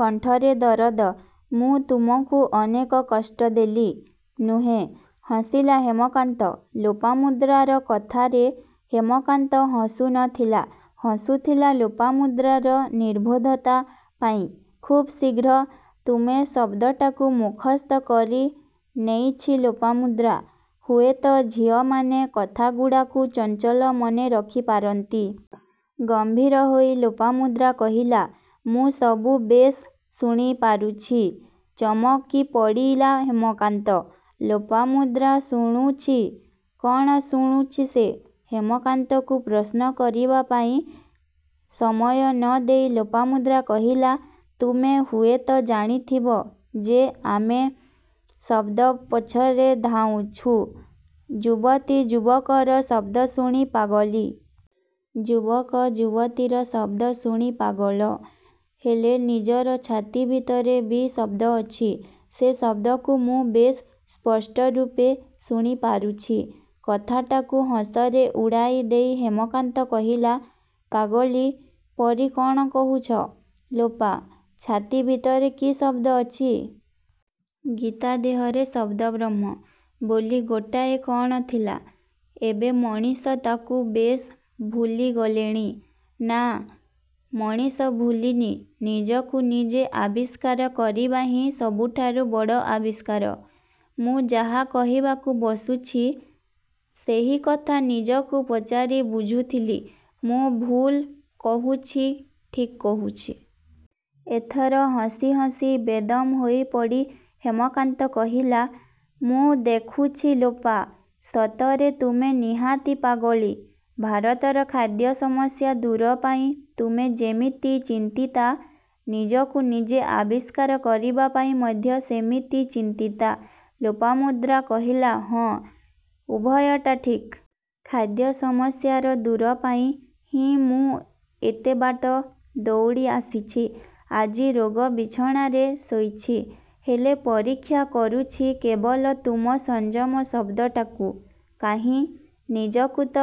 କଣ୍ଠରେ ଦରଦ-''ମୁଁ ତୁମକୁ ଅନେକ କଷ୍ଟ ଦେଲି, ନୁହେଁ? '' ହସିଲା ହେମକାନ୍ତ। ଲୋପାମୁଦ୍ରାର କଥାରେ ହେମକାନ୍ତ ହସୁ ନ ଥିଲା। ହସୁଥିଲା ଲୋପାମୁଦ୍ରାର ନିର୍ବୋଧତା ପାଇଁ। ଖୁବ୍ ଶୀଘ୍ର 'ତୁମେ' ଶବ୍ଦଟାକୁ ମୁଖସ୍ଥ କରି ନେଇଛି ଲୋପାମୁଦ୍ରା-। ହୁଏତ ଝିଅମାନେ କଥାଗୁଡ଼ାକୁ ଚଞ୍ଚଳ ମନେ ରଖି ପାରନ୍ତି। ଗମ୍ଭୀର ହୋଇ ଲୋପାମୁଦ୍ରା କହିଲା-''ମୁଁ ସବୁ ବେଶ୍ ଶୁଣି ପାରୁଛି। '' ଚମକି ପଡ଼ିଲା ହେମକାନ୍ତ। ଲୋପାମୁଦ୍ରା ଶୁଣୁଛି। କ'ଣ ଶୁଣୁଛି ସେ? ହେମକାନ୍ତକୁ ପ୍ରଶ୍ନ କରିବାପାଇଁ ସମୟ ନ ଦେଇ ଲୋପାମୁଦ୍ରା କହିଲା-''ତୁମେ ହୁଏତ ଜାଣିଥିବ ଯେ ଆମେ ଶବ୍ଦ ପଛରେ ଧାଉଁଛୁ। ଯୁବତୀ ଯୁବକର ଶବ୍ଦ ଶୁଣି ପାଗଳୀ। ଯୁବକ ଯୁବତୀର ଶବ୍ଦ ଶୁଣି ପାଗଳ। ହେଲେ ନିଜର ଛାତି ଭିତରେ ବି ଶବ୍ଦ ଅଛି। ସେ ଶବ୍ଦକୁ ମୁଁ ବେଶ୍ ସ୍ପଷ୍ଟ ରୂପେ ଶୁଣି ପାରୁଛି। କଥାଟାକୁ ହସରେ ଉଡ଼ାଇ ଦେଇ ହେମକାନ୍ତ କହିଲା-''ପାଗଳୀ ପରି କ'ଣ କହୁଛ ଲୋପା? ଛାତି ଭିତରେ କି ଶବ୍ଦ ଅଛି? ଗୀତା ଦେହରେ ଶବ୍ଦବ୍ରହ୍ମ ବୋଲି ଗୋଟାଏ କ'ଣ ଥିଲା। ଏବେ ମଣିଷ ତାକୁ ବେଶ୍ ଭୁଲି ଗଲେଣି? '' ''ନାଁ ମଣିଷ ଭୁଲିନି, ନିଜକୁ ନିଜେ ଆବିଷ୍କାର କରିବା ହିଁ ସବୁଠାରୁ ବଡ଼ ଆବିଷ୍କାର। ମୁଁ ଯାହା କହିବାକୁ ବସୁଛି ସେହିକଥା ନିଜକୁ ପଚାରି ବୁଝୁଥିଲି-ମୁଁ ଭୁଲ୍ କହୁଛି ଠିକ୍ କହୁଛି। '' ଏଥର ହସି ହସି ବେଦମ୍ ହୋଇ ପଡ଼ି ହେମକାନ୍ତ କହିଲା-ମୁଁ ଦେଖୁଛି ଲୋପା! ସତରେ ତୁମେ ନିହାତି ପାଗଳୀ। ଭାରତର ଖାଦ୍ୟ ସମସ୍ୟା ଦୂର ପାଇଁ ତୁମେ ଯେମିତି ଚିନ୍ତିତା ନିଜକୁ ନିଜେ ଆବିଷ୍କାର କରିବାପାଇଁ ମଧ୍ୟ ସେମିତି ଚିନ୍ତିତା। ଲୋପାମୁଦ୍ରା କହିଲା-''ହଁ, ଉଭୟଟା ଠିକ୍। ଖାଦ୍ୟ ସମସ୍ୟାର ଦୂର ପାଇଁ ହିଁ ମୁଁ ଏତେ ବାଟ ଦୌଡ଼ି ଆସିଛି। ଆଜି ରୋଗ ବିଛଣାରେ ଶୋଇଛି। ହେଲେ ପରୀକ୍ଷା କରୁଛି କେବଳ ତୁମ ସଂଯମ ଶବ୍ଦଟାକୁ। କାହିଁ? ନିଜକୁ ତ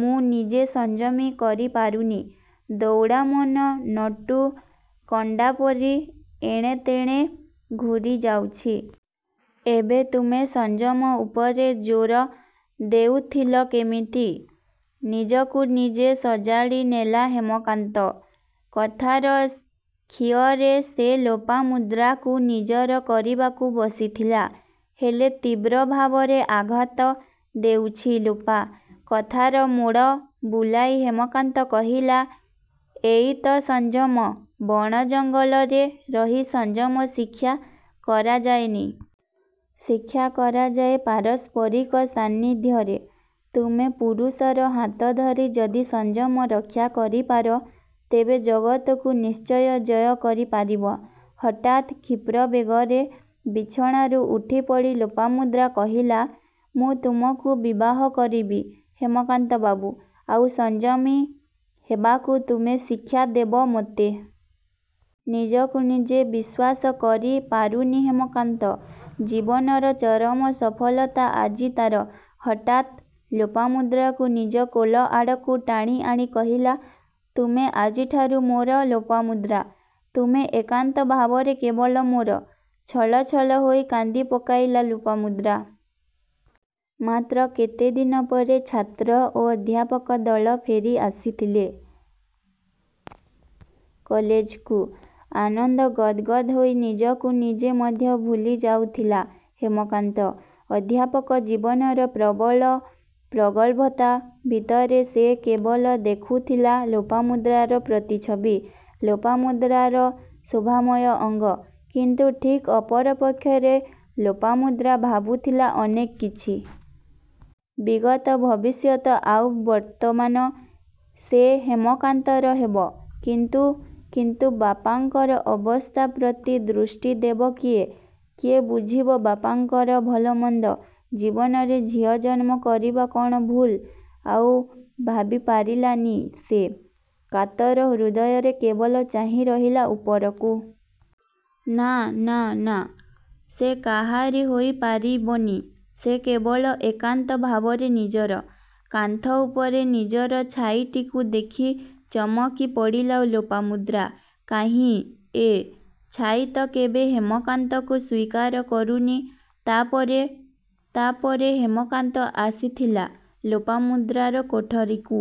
ମୁଁ ନିଜେ ସଂଯମୀ କରି ପାରୁନି? ଦୌଡ଼ାମନ ନଟୁ କଣ୍ଡାପରି ଏଣେ ତେଣେ ଘୂରି ଯାଉଛି। ଏବେ ତୁମେ ସଂଯମ ଉପରେ ଜୋର ଦେଉଥିଲ କେମିତି-? '' ନିଜକୁ ନିଜେ ସଜାଡ଼ି ନେଲା ହେମକାନ୍ତ। କଥାର ଖିଅରେ ସେ ଲୋପାମୁଦ୍ରାକୁ ନିଜର କରିବାକୁ ବସିଥିଲା। ହେଲେ ତୀବ୍ର ଭାବରେ ଆଘାତ ଦେଉଛି ଲୋପା। କଥାର ମୋଡ଼ ବୁଲାଇ ହେମକାନ୍ତ କହିଲା-ଏଇ ତ' ସଂଯମ ବଣ ଜଙ୍ଗଲରେ ରହି ସଂଯମ ଶିକ୍ଷା କରାଯାଏନି। ଶିକ୍ଷା କରାଯାଏ ପାରସ୍ପରିକ ସାନିଧ୍ୟରେ। ତୁମେ ପୁରୁଷର ହାତ ଧରି ଯଦି ସଂଯମ ରକ୍ଷା କରିପାର, ତେବେ ଜଗତକୁ ନିଶ୍ଚୟ ଜୟ କରି ପାରିବ। ହଠାତ୍ କ୍ଷିପ୍ରବେଗରେ ବିଛଣାରୁ ଉଠିପଡ଼ି ଲୋପାମୁଦ୍ରା କହିଲା-ମୁଁ ତୁମକୁ ବିବାହ କରିବି ହେମକାନ୍ତ ବାବୁ। ଆଉ ସଂଯମୀ ହେବାକୁ ତୁମେ ଶିକ୍ଷା ଦେବ ମୋତେ। ନିଜକୁ ନିଜେ ବିଶ୍ୱାସ କରି ପାରୁନି ହେମକାନ୍ତ। ଜୀବନର ଚରମ ସଫଳତା ଆଜି ତା'ର। ହଠାତ୍ ଲୋପାମୁଦ୍ରାକୁ ନିଜ କୋଳ ଆଡ଼କୁ ଟାଣି ଆଣି କହିଲା.. ''ତୁମେ ଆଜିଠାରୁ ମୋର ଲୋପାମୁଦ୍ରା, ତୁମେ ଏକାନ୍ତ ଭାବରେ କେବଳ ମୋର। '' ଛଳଛଳ ହୋଇ କାନ୍ଦି ପକାଇଲା ଲୋପାମୁଦ୍ରା। ମାତ୍ର କେତେଦିନ ପରେ ଛାତ୍ର ଓ ଅଧ୍ୟାପକ ଦଳ ଫେରି ଆସିଥିଲେ କଲେଜକୁ। ଆନନ୍ଦ ଗଦ୍ଗଦ୍ ହୋଇ ନିଜକୁ ନିଜେ ମଧ୍ୟ ଭୁଲିଯାଉଥିଲା ହେମାକାନ୍ତ। ଅଧ୍ୟାପକ ଜୀବନର ପ୍ରବଳ ପ୍ରଗଳ୍ଭତା ଭିତରେ ସେ କେବଳ ଦେଖୁଥିଲା ଲୋପାମୁଦ୍ରାର ପ୍ରତିଛବି। ଲୋପାମୁଦ୍ରାର ଶୋଭାମୟ ଅଙ୍ଗ। କିନ୍ତୁ ଠିକ୍ ଅପର ପକ୍ଷରେ ଲୋପାମୁଦ୍ରା ଭାବୁଥିଲା ଅନେକ କିଛି। ବିଗତ, ଭବିଷ୍ୟତ ଆଉ ବର୍ତ୍ତମାନ। ସେ ହେମକାନ୍ତର ହେବ। କିନ୍ତୁ କିନ୍ତୁ ବାପାଙ୍କର ଅବସ୍ଥା ପ୍ରତି ଦୃଷ୍ଟି ଦେବ କିଏ? କିଏ ବୁଝିବ ବାପାଙ୍କର ଭଲ ମନ୍ଦ? ଜୀବନରେ ଝିଅ ଜନ୍ମ କରିବା କ'ଣ ଭୁଲ୍? ଆଉ ଭାବିପାରିଲା ନି ସେ। କାତର ହୃଦୟରେ କେବଳ ଚାହିଁରହିଲା ଉପରକୁ। ନାଁ.. ନାଁ.. ନାଁ..। ସେ କାହାରି ହୋଇ ପାରିବନି। ସେ କେବଳ ଏକାନ୍ତ ଭାବରେ ନିଜର-। କାନ୍ଥ ଉପରେ ନିଜର ଛାଇଟିକୁ ଦେଖି ଚମକି ପଡ଼ିଲା ଲୋପାମୁଦ୍ରା। କାହିଁ ଏ। ଛାଇ ତ' କେବେ ହେମକାନ୍ତକୁ ସ୍ୱୀକାର କରୁନି। ତା'ପରେ ତା' ପରେ ହେମକାନ୍ତ ଆସିଥିଲା ଲୋପାମୁଦ୍ରାର କୋଠରୀକୁ।